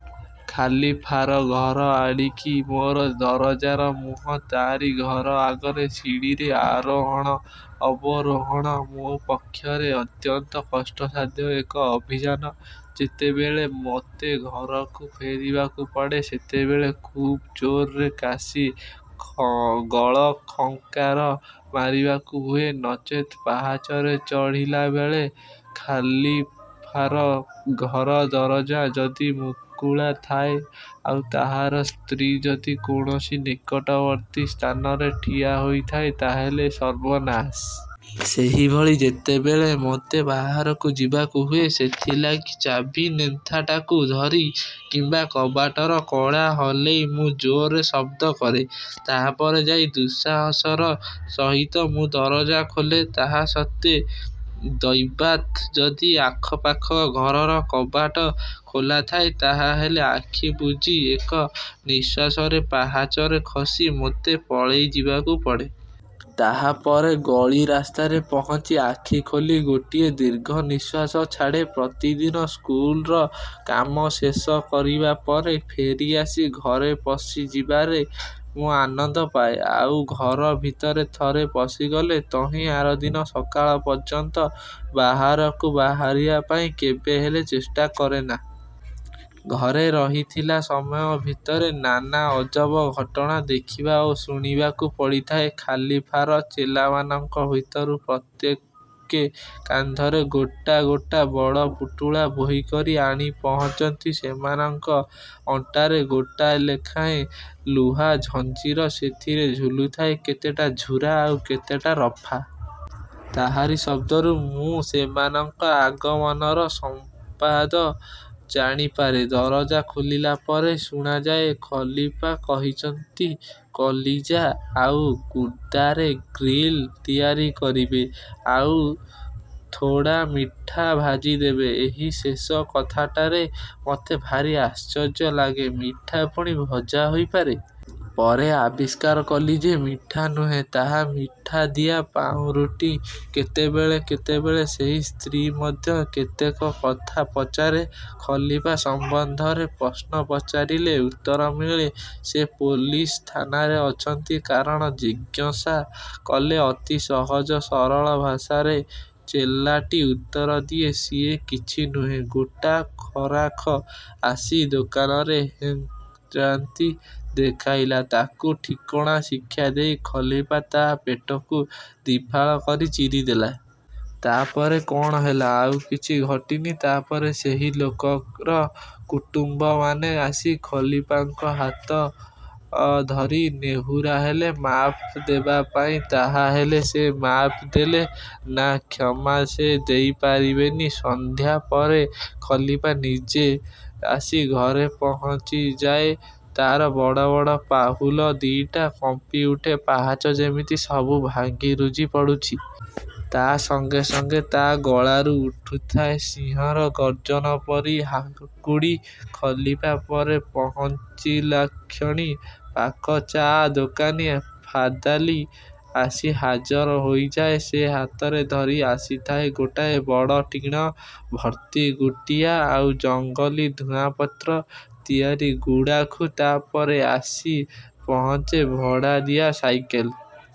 ଖଲିଫାର ଘର ଆଡ଼ିକି ମୋର ଦରଜାର ମୁଁହ। ତାରି ଘର ଆଗରେ ସିଡ଼ିରେ ଆରୋହଣ, ଅବରୋହଣ ମୋ ପକ୍ଷରେ ଅତ୍ୟନ୍ତ କଷ୍ଟସାଧ୍ୟ ଏକ ଅଭିଯାନ। ଯେତେବେଳେ ମୋତେ ଘରକୁ ଫେରିବାକୁ ପଡ଼େ, ସେତେବେଳେ ଖୁବ୍ ଜୋରରେ କାଶି ଗଳଖଙ୍କାର ମାରିବାକୁ ହୁଏ, ନଚେତ୍ ପାହାଚରେ ଚଢ଼ିଲାବେଳେ ଖଲିଫାର ଘର ଦରଜା ଯଦି ମୁକୁଳା ଥାଏ, ଆଉ, ତାହାର ସ୍ତ୍ରୀ ଯଦି କୌଣସି ନିକଟବର୍ତ୍ତୀ ସ୍ଥାନରେ ଠିଆ ହୋଇଥାଏ, ତାହେଲେ ସର୍ବନାଶ। ସେହିଭଳି, ଯେତେବେଳେ ମୋତେ ବାହାରକୁ ଯିବାକୁ ହୁଏ, ସେଥିଲାଗି। ଚାବି ନେନ୍ଥାଟାକୁ ଧରି କିମ୍ବା କବାଟର କଡ଼ା ହଲେଇ ମୁଁ ଜୋରରେ ଶବ୍ଦ କରେ। ତାହାପରେ ଯାଇ ଦୁଃସାହସର ସହିତ ମୁଁ ଦରଜା ଖୋଲେ। ତାହା ସତ୍ତ୍ୱେ, ଦୈବାତ୍ ଯଦି ଆଖପାଖ ଘରର କବାଟ ଖୋଲାଥାଏ, ତାହାହେଲେ ଆଖି ବୁଜି ଏକ ନିଶ୍ଵାସରେ ପାହାଚରେ ଖସି ମୋତେ ପଳେଇ ଯିବାକୁ ପଡ଼େ। ତାହାପରେ ଗଳି ରାସ୍ତାରେ ପହଞ୍ଚି ଆଖିଖୋଲି ଗୋଟିଏ ଦୀର୍ଘନିଶ୍ଵାସ ଛାଡ଼େ। ପ୍ରତିଦିନ ସ୍କୁଲର କାମ ଶେଷ କରିବା ପରେ ଫେରି ଆସି ଘରେ ପଶି ଯିବାରେ ମୁଁ ଆନନ୍ଦ ପାଏ। ଆଉ ଘର ଭିତରେ ଥରେ ପଶିଗଲେ ତହିଁ ଆରଦିନ ସକାଳ ପର୍ଯ୍ୟନ୍ତ ବାହାରକୁ ବାହାରିବା ପାଇଁ କେବେହେଲେ ଚେଷ୍ଟା କରେ ନା। ଘରେ ରହିଥିଲା ସମୟ ଭିତରେ ନାନା ଅଜବ ଘଟଣା ଦେଖିବା ଓ ଶୁଣିବାକୁ ପଡ଼ିଥାଏ-। ଖଲିଫାର ଚେଲାମାନଙ୍କ ଭିତରୁ ପ୍ରତ୍ୟେକେ କାନ୍ଧରେ ଗୋଟା ଗୋଟା ବଡ଼ ପୁଟୁଳା ବୋହିକରି ଆଣି ପହଞ୍ଚନ୍ତି। ସେମାନଙ୍କ ଅଣ୍ଟାରେ ଗୋଟାଲେଖାଁ ଲୁହା ଜଞ୍ଜିର, ସେଥିରେ ଝୁଲୁଥାଏ କେତେଟା ଛୁରା, ଆଉ କେତେଟା ରଫା। ତାହାରି ଶବ୍ଦରୁ ମୁଁ ସେମାନଙ୍କ ଆଗମନର ସମ୍ବାଦ ଜାଣିପାରେ-। ଦରଜା ଖୋଲିଲା ପରେ ଶୁଣାଯାଏ, "ଖଲିଫା କହିଛନ୍ତି କଲିଜା ଆଉ ଗୁର୍ଦାରେ ଗ୍ରିଲ୍ ତିଆରି କରିବ, ଆଉ ଥୋଡ଼ା ମିଠା ଭାଜିଦେବ। " ଏହି ଶେଷ କଥାଟାରେ ମତେ ଭାରି ଆଶ୍ଚର୍ଯ୍ୟ ଲାଗେ, ମିଠା ପୁଣି ଭଜା ହୋଇପାରେ। ପରେ ଆବିଷ୍କାର କଲି ଯେ ମିଠା ନୁହେଁ, ତାହା ମିଠାଦିଆ ପାଉଁରୁଟି। କେତେବେଳେ କେତେବେଳେ ସେହି ସ୍ତ୍ରୀ ମଧ୍ୟ କେତେକ କଥା ପଚାରେ; ଖଲିଫା ସମ୍ବନ୍ଧରେ ପ୍ରଶ୍ନ ପଚାରିଲେ ଉତ୍ତର ମିଳେ, "ସେ ପୋଲିସ ଥାନାରେ ଅଛନ୍ତି। " କାରଣ ଜିଜ୍ଞସା କଲେ ଅତି ସହଜ ସରଳ ଭାଷାରେ ଚେଲାଟି ଉତ୍ତର ଦିଏ, "ସିଏ କିଛି ନୁହେଁ ଗୋଟା ଗରାଖ ଆସି ଦୋକାନରେ ହେଙ୍କ୍ଡ଼ାନ୍ତି ଦେଖାଇଲା, ତାକୁ ଠିକଣା ଶିକ୍ଷାଦେଇ ଖଲିଫା ତା ପେଟକୁ ଦି'ଫାଳ କରି ଚିରିଦେଲେ। " "ତା ପରେ କଣ ହେଲା? " "ଆଉ କିଛି ଘଟିନି। ତା'ପରେ ସେହି ଲୋକର କୁଟୁମ୍ବମାନେ ଆସି ଖଲିଫାଙ୍କ ହାତ ଧରି ନେହୁରା ହେଲେ ମାଫ୍ ଦେବା ପାଇଁ। " "ତାହେଲେ ସେ ମାଫ୍ ଦେଲେ? " "ନା, କ୍ଷମା ସେ ଦେଇପାରିବେନି। " ସଂଧ୍ୟା ପରେ ଖଲିଫା ନିଜେ ଆସି ଘରେ ପହଞ୍ଚିଯାଏ, ତାର ବଡ଼ ବଡ଼ ପାହୁଲ ଦିଟାରେ କମ୍ପିଉଠେ ପାହାଚ, ଯେମିତି ସବୁ ଭାଙ୍ଗି ରୁଜି ପଡ଼ୁଛି। ତା ସଙ୍ଗେ ସଙ୍ଗେ ତା ଗଳାରୁ ଉଠୁଥାଏ ସିଂହର ଗର୍ଜନ ପରି ହାକୁଡ଼ି। ଖଲିଫା ଘରେ ପହଞ୍ଚିଲାକ୍ଷଣି ପାଖ ଚା ଦୋକାନୀ ଫାଦାଲି ଆସି ହାଜର ହୋଇଯାଏ, ସେ ହାତରେ ଧରି ଆସିଥାଏ ଗୋଟାଏ ବଡ଼ ଟିଣ ଭର୍ତ୍ତି ଗୁଟିଆ ଆଉ ଜଙ୍ଗଲି ଧୂଆଁପତ୍ରରେ ତିଆରି ଗୁଡ଼ାଖୁ। ତା ପରେ ଆସି ପହଞ୍ଚେ ଭଡ଼ାଦିଆ ସାଇକେଲ୍